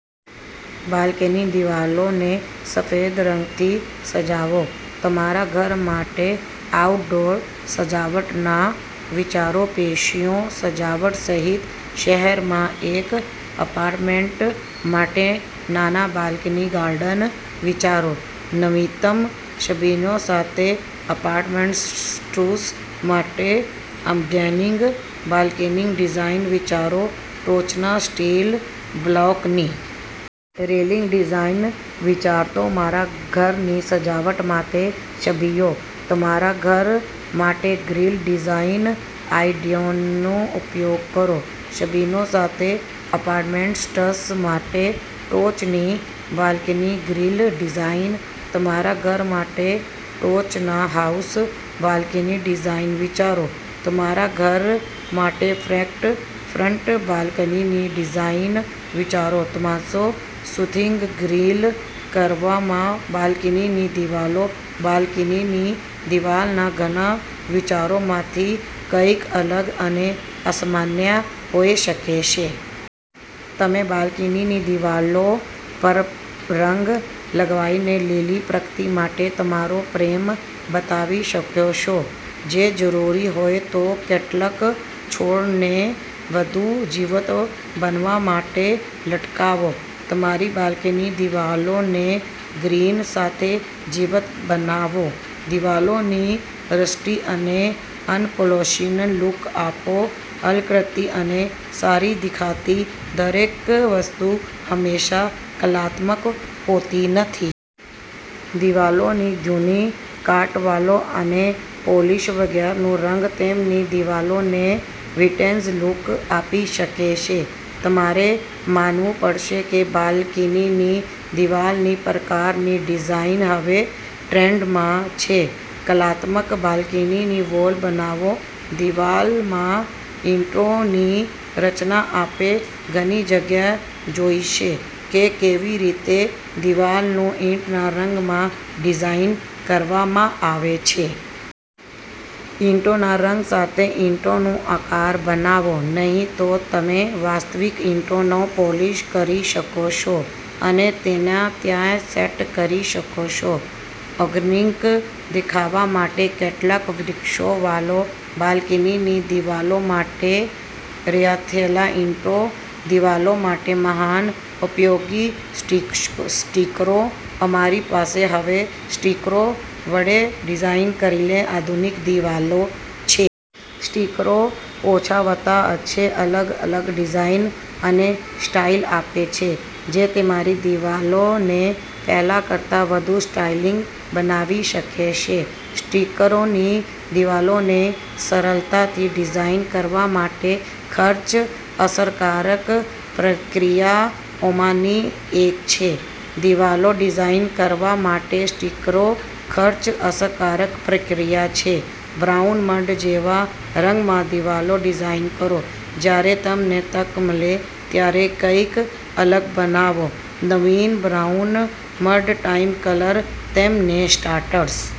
બાલ્કનીની દિવાલોને સફેદ રંગથી સજાવો તમારા ઘર માટે આઉટડોર સજાવટના વિચારોપેશિયો સજાવટ સહિત, શહેરમાં એક અપાર્ટમેન્ટ માટે નાના બાલ્કની ગાર્ડન વિચારો, નવીનતમ છબીઓ સાથે અપાર્ટમેન્ટ્સ માટે અમેઝિંગ બાલ્કની ડિઝાઇન વિચારો, ટોચના સ્ટીલ બ્લોકની રેલિંગ ડિઝાઇન વિચારોતમારા ઘરની સજાવટ માટે છબીઓ, તમારા ઘર માટેગ્રીલ ડિઝાઇન આઇડિયાનો ઉપયોગ કરો, છબીઓ સાથે અપાર્ટમેન્ટ્સ માટે ટોચની બાલ્કની ગ્રીલ ડિઝાઇન, તમારા ઘર માટે ટોચના હાઉસ બાલ્કની ડિઝાઇન વિચારો, તમારા ઘર માટેફેક્ટ ફ્રન્ટ બાલ્કની ડિઝાઇન વિચારો તપાસો, સુથિંગ ગ્રીન કલરમાં બાલ્કનીની દિવાલો બાલ્કની દિવાલના ઘણા વિચારોમાંથીકંઈક અલગ અને અસામાન્ય હોઈ શકે છે. તમે બાલ્કનીની દિવાલો પરરંગ લગાવીને લીલી પ્રકૃતિ માટે તમારો પ્રેમ બતાવી શકો છો. જો જરૂરી હોય તો કેટલાક છોડને વધુ જીવંત બનાવવા માટે લટકાવો. તમારી બાલ્કનીની દિવાલોને ગ્રીન સાથે જીવંત બનાવો દિવાલોને રસ્ટી અને અનપોલિશ્ડ લુક આપો અલ્પતી અને સારી દેખાતી દરેક વસ્તુ હંમેશા કલાત્મક હોતી નથી. દિવાલોનો જૂની કાટવાળો અને પોલીશ વગરનો રંગ તેમની દિવાલને વિન્ટેજ લુક આપી શકે છે. તમારે માનવું પડશે કે બાલ્કનીની દિવાલનીપ્રકારની ડિઝાઇન હવે ટ્રેન્ડમાં છે. કલાત્મક બાલ્કની વોલ બનાવો દિવાલમાં ઇંટોની રચના આપે ઘણી જગ્યાએ જોયું છે કે કેવી રીતે દિવાલોને ઈંટના રંગમાં ડિઝાઇન કરવામાં આવે છે. ઇંટોના રંગ સાથે ઇંટોનો આકાર બનાવો, નહીં તો તમે વાસ્તવિક ઇંટોને પોલિશ કરી શકો છો અને તેના ત્યાં સેટ કરી શકો છો. ઓર્ગેનિક દેખાવા માટે કેટલાક વૃક્ષો વાલો. બાલ્કનીની દિવાલો માટે રચાયેલ ઇંટો દિવાલો માટે મહાન ઉપયોગી સ્ટીસ્ટીકરો અમારી પાસે હવે સ્ટીકરો વડે ડિઝાઇન કરેલી આધુનિક દિવાલો છે. સ્ટીકરો ઓછાવત્તા અંશે અલગ અલગ ડિઝાઈન અને સ્ટાઈલ આપે છે, જે તમારી દિવાલોને પહેલા કરતા વધુ સ્ટાઇલિંગ બનાવી શકે છે. સ્ટીકરોની દિવાલોને સરળતાથી ડિઝાઇન કરવા માટે ખર્ચ-અસરકારક પ્રક્રિયાઓમાંની એક છે. દિવાલો ડિઝાઇન કરવા માટે સ્ટીકરો ખર્ચ-અસરકારક પ્રક્રિયા છે બ્રાઉન મડ-જેવા રંગમાં દિવાલો ડિઝાઇન કરો જ્યારે તમને તક મળે ત્યારે કંઈક અલગ બનાવો. નવીન બ્રાઉન મડ-ટાઈપ કલર તેમને સ્ટાન્ડર્ડ